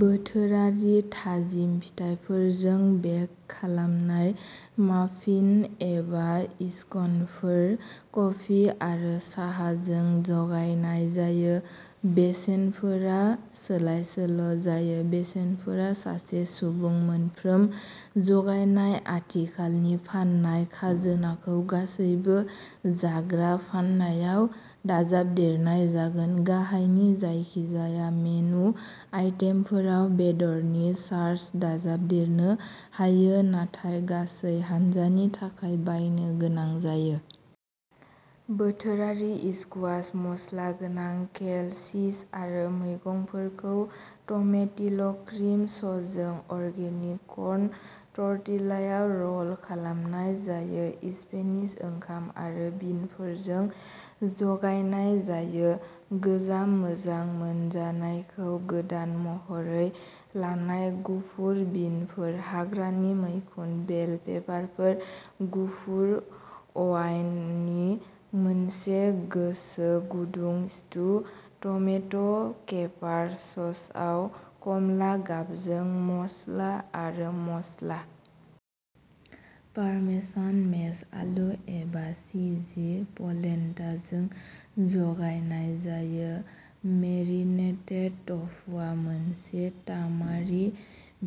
बोथोरारि थाजिम फिथाइफोरजों बेक खालामनाय माफिन एबा इस्कनफोर कफि आरो साहाजों जगायनाय जायो। बेसेनफोरा सोलायसोल'जायो। बेसेनफोरा सासे सुबुं, मोनफ्रोम जगायनाय आथिखालनि फाननाय खाजोनाखौ गासैबो जाग्रा फाननायाव दाजाबदेरनाय जागोन। गाहायनि जायखिजाया मेनु आइटेमफोराव बेदरनि चार्ज दाजाबदेरनो हायो नाथाय गासै हान्जानि थाखाय बायनो गोनां जायो। बोथोरारि इस्कुवाश, मस्ला गोनां केल, चीज आरो मैगंफोरखौ टमेटिल'क्रिम ससजों अर्गेनिक कर्न टर्टिलायाव र'ल्ड खालामनाय जायो। स्पेनिश ओंखाम आरो बिनफोरजों जगायनाय जायो। गोजाम मोजां मोनजानायखौ गोदान महरै लानाय गुफुर बिनफोर, हाग्रानि मैखुन, बेल पेपारफोर, गुफुर अवाइननि मोनसे गोसो गुदुं स्टु, टमेट' केपार ससआव खमला गाबजों मसला आरो मस्ला। पारमेसान मेश आलु एबा चिजि प'लेन्टाजों जगायनाय जायो। मेरिनेटेड टफुआ मोनसे तामारि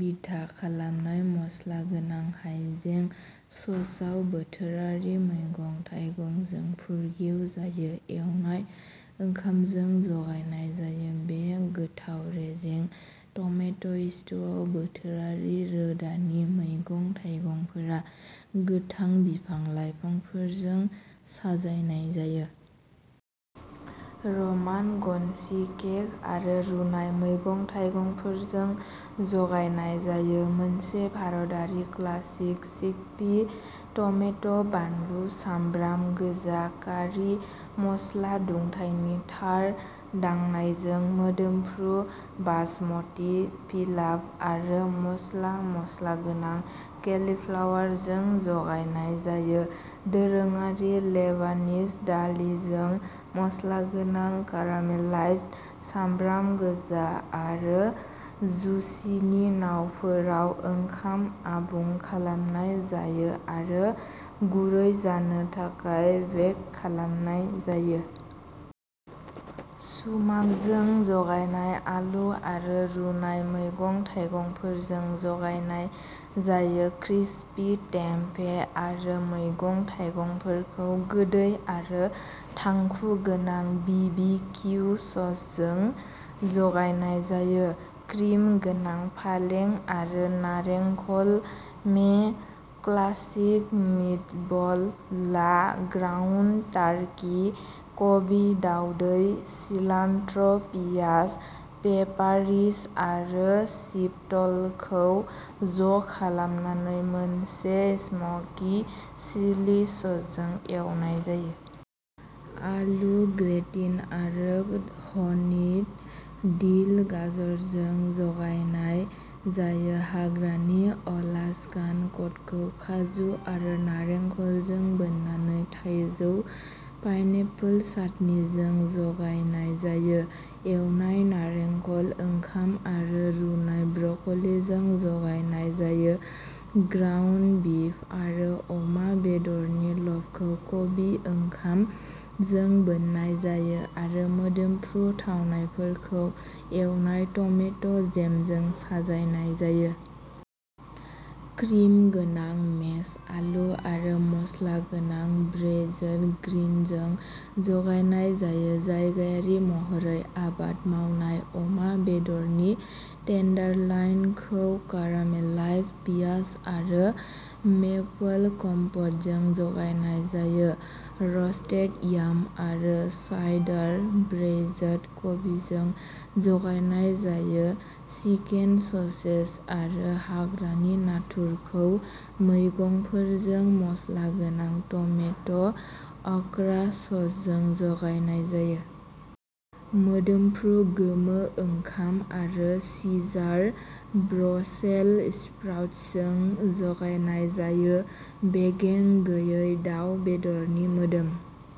बिथा खालामनाय मस्लागोनां हायजें ससआव बोथोरारि मैगं-थाइगंजों फुरगेव जायो। एवनाय ओंखामजों जगायनाय जायो। बे गोथाव रेजें टमेट'स्टुआव बोथोरारि रोदानि मैगं-थाइगंफोरा गोथां बिफां-लाइफांफोरजों साजायनाय जायो। रमान गन'चि केक आरो रुनाय मैगं-थाइगंफोरजों जगायनाय जायो। मोनसे भारतारि क्लासिक चिकपि, टमेट', बानलु, सामब्राम गोजा, कारि मस्ला, दुंथायनि थार दांनायजों मोदोमफ्रु बासमती पिलाफ आरो मस्ला मस्लागोनां केलिफ्लावरजों जगायनाय जायो। दोरोङारि लेबानिज दालिजों मस्लागोनां कारामेलाइज्ड सामब्राम गोजा, आरो जुचिनी नावफोराव ओंखाम आबुं खालामनाय जायो आरो गुरै जानो थाखाय बेक खालामनाय जायो। सुमाकजों जगायनाय आलु आरो रुनाय मैगं-थाइगंफोरजों जगायनाय जायो। क्रिस्पि टेम्पे आरो मैगं-थाइगंफोरखौ गोदै आरो थांखु गोनां बि बि किउ ससजों जगायनाय जायो। क्रिम गोनां पालें आरो नारेंखल मे क्लासिक मिटबल ला ग्राउन्ड टार्कि, कबि, दाउदै, सिलान्ट्र', पियाज, पेपारिस आरो चिपटलखौ ज' खालामनानै मोनसे स्मकि चिलि ससजों एवनाय जायो। आलु ग्रेटिन आरो हनिड डिल गाजरजों जगायनाय जायो। हाग्रानि अलास्कान कडखौ काजु आरो नारेंखलजों बोननानै थाइजौ पाइनएपल चाटनिजों जगायनाय जायो। एवनाय नारेंखल ओंखाम आरो रुनाय ब्रकलिजों जगायनाय जायो। ग्राउन्ड बिफ आरो अमा बेदरनि ल'फखौ "कबि ओंखाम" जों बोननाय जायो आरो मोदोमफ्रु थावनायफोरखौ एवनाय टमेट' जेमजों साजायनाय जायो। क्रिम गोनां मेश आलु आरो मसलागोनां ब्रेइज्ड ग्रिनजों जगायनाय जायो। जायगायारि महरै आबाद मावनाय अमा बेदरनि टेन्डारलाइनखौ कारामेलाइज्ड पियाज आरो मेपल कम्प'टजों जगायनाय जायो। रस्टेड याम आरो साइडार ब्रेइज्ड कबिजों जगायनाय जायो। चिकेन ससेज आरो हाग्रानि नाथुरखौ मैगंफोरजों मस्लागोनां टमेट'- अकरा ससजों जगायनाय जायो। मोदोमफ्रु गोमो ओंखाम आरो सिजार ब्रसेल स्प्राउट्सजों जगायनाय जायो। बेगें गैयै दाउ बेदरनि मोदोम।